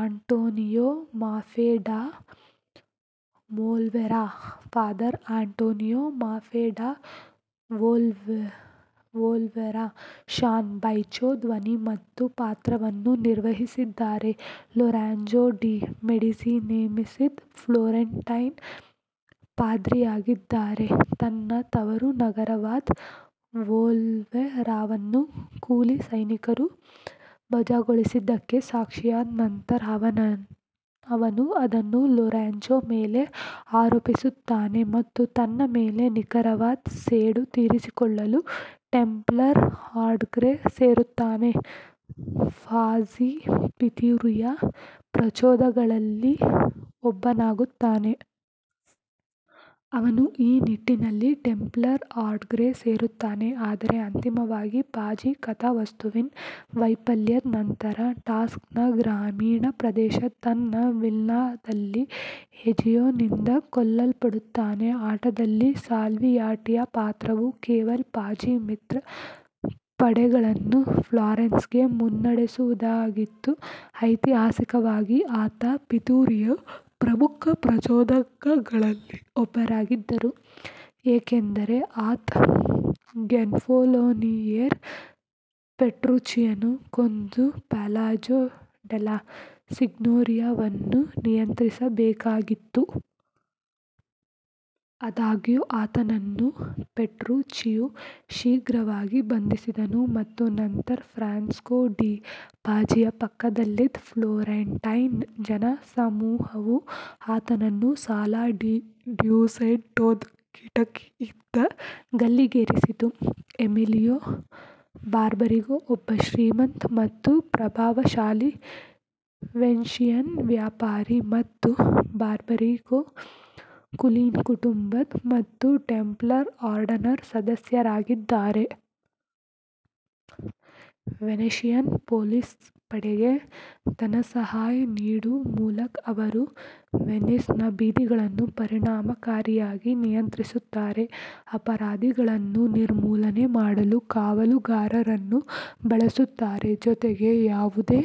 Antonio Maffei da Volterra father Antonio Maffei da Volterra Shawn Baichoo ಧ್ವನಿ ಮತ್ತು ಪಾತ್ರವನ್ನು ನಿರ್ವಹಿಸಿದ್ದಾರೆ ಲೊರೆಂಜೊ ಡಿ ಮೆಡಿಸಿ ನೇಮಿಸಿದ ಫ್ಲೋರೆಂಟೈನ್ ಪಾದ್ರಿಯಾಗಿದ್ದಾರೆ. ತನ್ನ ತವರು ನಗರವಾದ ವೋಲ್ಟೆರಾವನ್ನು ಕೂಲಿ ಸೈನಿಕರು ವಜಾಗೊಳಿಸಿದ್ದಕ್ಕೆ ಸಾಕ್ಷಿಯಾದ ನಂತರ, ಅವನು ಅದನ್ನು ಲೊರೆಂಜೊ ಮೇಲೆ ಆರೋಪಿಸುತ್ತಾನೆ ಮತ್ತು ತನ್ನ ಮೇಲೆ ನಿಖರವಾದ ಸೇಡು ತೀರಿಸಿಕೊಳ್ಳಲು ಟೆಂಪ್ಲರ್ ಆರ್ಡರ್ಗೆ ಸೇರುತ್ತಾನೆ; ಪಾಝಿ ಪಿತೂರಿಯ ಪ್ರಚೋದಕಗಳಲ್ಲಿ ಒಬ್ಬನಾಗುತ್ತಾನೆ. ಅವನು ಈ ನಿಟ್ಟಿನಲ್ಲಿ ಟೆಂಪ್ಲರ್ ಆರ್ಡರ್ಗೆ ಸೇರುತ್ತಾನೆ, ಆದರೆ ಅಂತಿಮವಾಗಿ ಪಾಜಿ ಕಥಾವಸ್ತುವಿನ ವೈಫಲ್ಯದ ನಂತರ ಟಸ್ಕನ್ ಗ್ರಾಮೀಣ ಪ್ರದೇಶದ ತನ್ನ ವಿಲ್ಲಾದಲ್ಲಿ ಎಜಿಯೊನಿಂದ ಕೊಲ್ಲಲ್ಪಡುತ್ತಾನೆ. ಆಟದಲ್ಲಿ ಸಾಲ್ವಿಯಾಟಿಯ ಪಾತ್ರವು ಕೇವಲ ಪಾಜಿ-ಮಿತ್ರ ಪಡೆಗಳನ್ನು ಫ್ಲಾರೆನ್ಸ್ಗೆ ಮುನ್ನಡೆಸುವುದಾಗಿತ್ತು, ಐತಿಹಾಸಿಕವಾಗಿ ಆತ ಪಿತೂರಿಯ ಪ್ರಮುಖ ಪ್ರಚೋದಕಗಳಲ್ಲಿ ಒಬ್ಬರಾಗಿದ್ದರು, ಏಕೆಂದರೆ ಆತ ಗೊನ್ಫಲೋನಿಯೆರೆ ಪೆಟ್ರುಚಿಯನ್ನು ಕೊಂದು ಪ್ಯಾಲಾಜೊ ಡೆಲ್ಲಾ ಸಿಗ್ನೋರಿಯಾವನ್ನು ನಿಯಂತ್ರಿಸಬೇಕಾಗಿತ್ತು. ಆದಾಗ್ಯೂ, ಆತನನ್ನು ಪೆಟ್ರುಚ್ಚಿಯು ಶೀಘ್ರವಾಗಿ ಬಂಧಿಸಿದನು ಮತ್ತು ನಂತರ ಫ್ರಾನ್ಸೆಸ್ಕೊ ಡಿ 'ಪಾಜಿಯ ಪಕ್ಕದಲ್ಲಿದ್ದ ಫ್ಲೋರೆಂಟೈನ್ ಜನಸಮೂಹವು ಆತನನ್ನು ಸಾಲಾ ಡೀ ಡ್ಯೂಸೆಂಟೊದ ಕಿಟಕಿಯಿಂದ ಗಲ್ಲಿಗೇರಿಸಿತು. ಎಮಿಲಿಯೊ ಬಾರ್ಬರಿಗೊ ಒಬ್ಬ ಶ್ರೀಮಂತ ಮತ್ತು ಪ್ರಭಾವಶಾಲಿ ವೆನೆಷಿಯನ್ ವ್ಯಾಪಾರಿ ಮತ್ತು ಬಾರ್ಬರಿಗೊ ಕುಲೀನ ಕುಟುಂಬದ ಮತ್ತು ಟೆಂಪ್ಲರ್ ಆರ್ಡರ್ನ ಸದಸ್ಯರಾಗಿದ್ದಾರೆ. ವೆನೆಷಿಯನ್ ಪೊಲೀಸ್ ಪಡೆಗೆ ಧನಸಹಾಯ ನೀಡುವ ಮೂಲಕ, ಅವರು ವೆನಿಸ್ನ ಬೀದಿಗಳನ್ನು ಪರಿಣಾಮಕಾರಿಯಾಗಿ ನಿಯಂತ್ರಿಸುತ್ತಾರೆ, ಅಪರಾಧಿಗಳನ್ನು ನಿರ್ಮೂಲನೆ ಮಾಡಲು ಕಾವಲುಗಾರರನ್ನು ಬಳಸುತ್ತಾರೆ, ಜೊತೆಗೆ ಯಾವುದೇ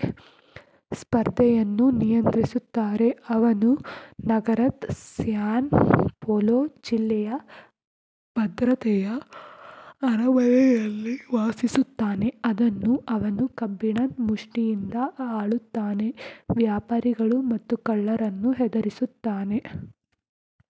ಸ್ಪರ್ಧೆಯನ್ನೂ ನಿಯಂತ್ರಿಸುತ್ತಾರೆ. ಅವನು ನಗರದ ಸ್ಯಾನ್ ಪೊಲೊ ಜಿಲ್ಲೆಯ ಭದ್ರತೆಯ ಅರಮನೆಯಲ್ಲಿ ವಾಸಿಸುತ್ತಾನೆ, ಅದನ್ನು ಅವನು ಕಬ್ಬಿಣದ ಮುಷ್ಟಿಯಿಂದ ಆಳುತ್ತಾನೆ, ವ್ಯಾಪಾರಿಗಳು ಮತ್ತು ಕಳ್ಳರನ್ನು ಹೆದರಿಸುತ್ತಾನೆ.